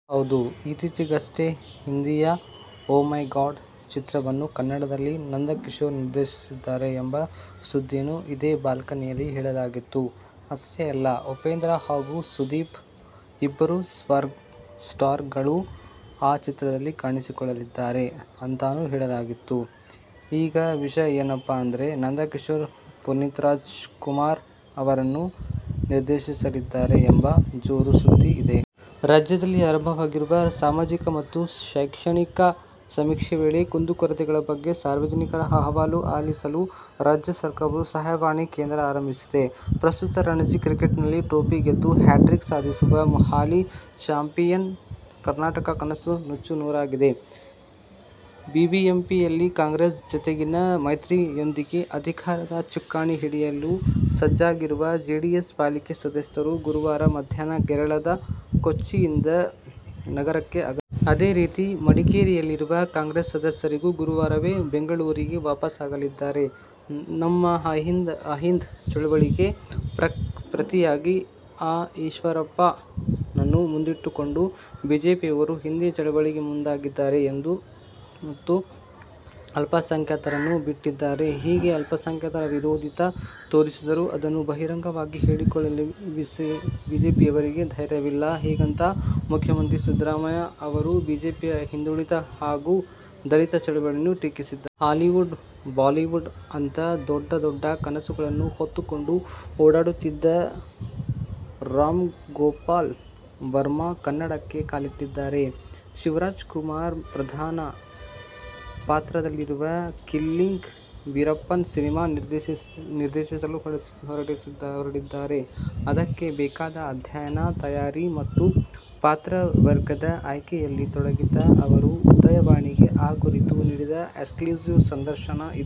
ಹೌದು, ಇತ್ತೀಚೆಗಷ್ಟೇ, ಹಿಂದಿಯ "ಓ ಮೈ ಗಾಡ್' ಚಿತ್ರವನ್ನು ಕನ್ನಡದಲ್ಲಿ ನಂದಕಿಶೋರ್ ನಿರ್ದೇಶಿಸುತ್ತಿದ್ದಾರೆ ಎಂಬ ಸುದ್ದಿಯನ್ನು ಇದೇ "ಬಾಲ್ಕನಿ'ಯಲ್ಲಿ ಹೇಳಲಾಗಿತ್ತು. ಅಷ್ಟೇ ಅಲ್ಲ, ಉಪೇಂದ್ರ ಹಾಗು ಸುದೀಪ್ ಇಬ್ಬರು ಸ್ಟಾರ್ಗಳು ಆ ಚಿತ್ರದಲ್ಲಿ ಕಾಣಿಸಿಕೊಳ್ಳುತ್ತಿದ್ದಾರೆ ಅಂತಾನೂ ಹೇಳಲಾಗಿತ್ತು. ಈಗ ವಿಷಯ ಏನಪ್ಪಾ ಅಂದ್ರೆ, ನಂದಕಿಶೋರ್ ಪುನೀತ್ರಾಜ್ಕುಮಾರ್ ಅವರನ್ನು ನಿರ್ದೇಶಿಸಲಿದ್ದಾರೆ ಎಂಬ ಜೋರು ಸುದ್ದಿ ಇದೆ. ರಾಜ್ಯದಲ್ಲಿ ಆರಂಭವಾಗಿರುವ ಸಾಮಾಜಿಕ ಮತ್ತು ಶೈಕ್ಷಣಿಕ ಸಮೀಕ್ಷೆ ವೇಳೆ ಕುಂದುಕೊರತೆಗಳ ಬಗ್ಗೆ ಸಾರ್ವಜನಿಕರ ಅಹವಾಲು ಆಲಿಸಲು ರಾಜ್ಯ ಸರ್ಕಾರವು ಸಹಾಯವಾಣಿ ಕೇಂದ್ರ ಆರಂಭಿಸಿದೆ. ಪ್ರಸ್ತುತ ರಣಜಿ ಕ್ರಿಕೆಟ್ನಲ್ಲಿ ಟ್ರೋಫಿ ಗೆದ್ದು ಹ್ಯಾಟ್ರಿಕ್ ಸಾಧಿಸುವ ಹಾಲಿ ಚಾಂಪಿಯನ್ ಕರ್ನಾಟಕ ಕನಸು ನುಚ್ಚುನೂರಾಗಿದೆ. ಬಿಬಿಎಂಪಿಯಲ್ಲಿ ಕಾಂಗ್ರೆಸ್ ಜತೆಗಿನ ಮೈತ್ರಿಯೊಂದಿಗೆ ಅಧಿಕಾರದ ಚುಕ್ಕಾಣಿ ಹಿಡಿಯಲು ಸಜ್ಜಾಗಿರುವ ಜೆಡಿಎಸ್ ಪಾಲಿಕೆ ಸದಸ್ಯರು ಗುರುವಾರ ಮಧ್ಯಾಹ್ನ ಕೇರಳದ ಕೊಚ್ಚಿಯಿಂದ ನಗರಕ್ಕೆ ಆಗಮಿಸಲಿದ್ದಾರೆ. ಅದೇ ರೀತಿ ಮಡಿಕೇರಿಯಲ್ಲಿರುವ ಕಾಂಗ್ರೆಸ್ ಸದಸ್ಯರೂ ಗುರುವಾರವೇ ಬೆಂಗಳೂರಿಗೆ ವಾಪಸಾಗಲಿದ್ದಾರೆ. ನಮ್ಮ ಅಹಿಂದ ಚಳವಳಿಗೆ ಪ್ರತಿಯಾಗಿ ಆ ಈಶ್ವರಪ್ಪನನ್ನು ಮುಂದಿಟ್ಟುಕೊಂಡು ಬಿಜೆಪಿಯವರು ಹಿಂದ ಚಳವಳಿಗೆ ಮುಂದಾಗಿದ್ದಾರೆ ಮತ್ತು ಅಲ್ಪಸಂಖ್ಯಾತರನ್ನು ಬಿಟ್ಟಿದ್ದಾರೆ. ಹೀಗೆ ಅಲ್ಪಸಂಖ್ಯಾತರ ವಿರೋಧಿತನ ತೋರಿಸಿದರೂ ಅದನ್ನು ಬಹಿರಂಗವಾಗಿ ಹೇಳಿಕೊಳ್ಳಲುಬಿಜೆಪಿಯವರಿಗೆ ಧೈರ್ಯವಿಲ್ಲ. ಹೀಗಂತ ಮುಖ್ಯಮಂತ್ರಿ ಸಿದ್ದರಾಮಯ್ಯ ಅವರುಬಿಜೆಪಿಯ ಹಿಂದುಳಿದ ಹಾಗೂ ದಲಿತ ಚಳವಳಿಯನ್ನು ಟೀಕಿಸಿದ್ದಾರೆ. ಹಾಲಿವುಡ್, ಬಾಲಿವುಡ್ ಅಂತ ದೊಡ್ಡ ದೊಡ್ಡ ಕನಸುಗಳನ್ನು ಹೊತ್ತುಕೊಂಡು ಓಡಾಡುತ್ತಿದ್ದ ರಾಮ್ಗೋಪಾಲ್ ವರ್ಮ ಕನ್ನಡಕ್ಕೆ ಕಾಲಿಟ್ಟಿದ್ದಾರೆ. ಶಿವರಾಜ್ಕುಮಾರ್ ಪ್ರಧಾನ ಪಾತ್ರದಲ್ಲಿರುವ ಕಿಲ್ಲಿಂಗ್ ವೀರಪ್ಪನ್ ಸಿನಿಮಾ ನಿರ್ದೇಶಿಸಲು ಹೊರಟಿದ್ದಾರೆ. ಅದಕ್ಕೆ ಬೇಕಾದ ಅಧ್ಯಯನ, ತಯಾರಿ ಮತ್ತು ಪಾತ್ರವರ್ಗದ ಆಯ್ಕೆಯಲ್ಲಿ ತೊಡಗಿದ್ದ ಅವರು ಉದಯವಾಣಿಗೆ ಆ ಕುರಿತು ನೀಡಿದ ಎಕ್ಸ್ಕ್ಲೂಸಿವ್ ಸಂದರ್ಶನ ಇದು.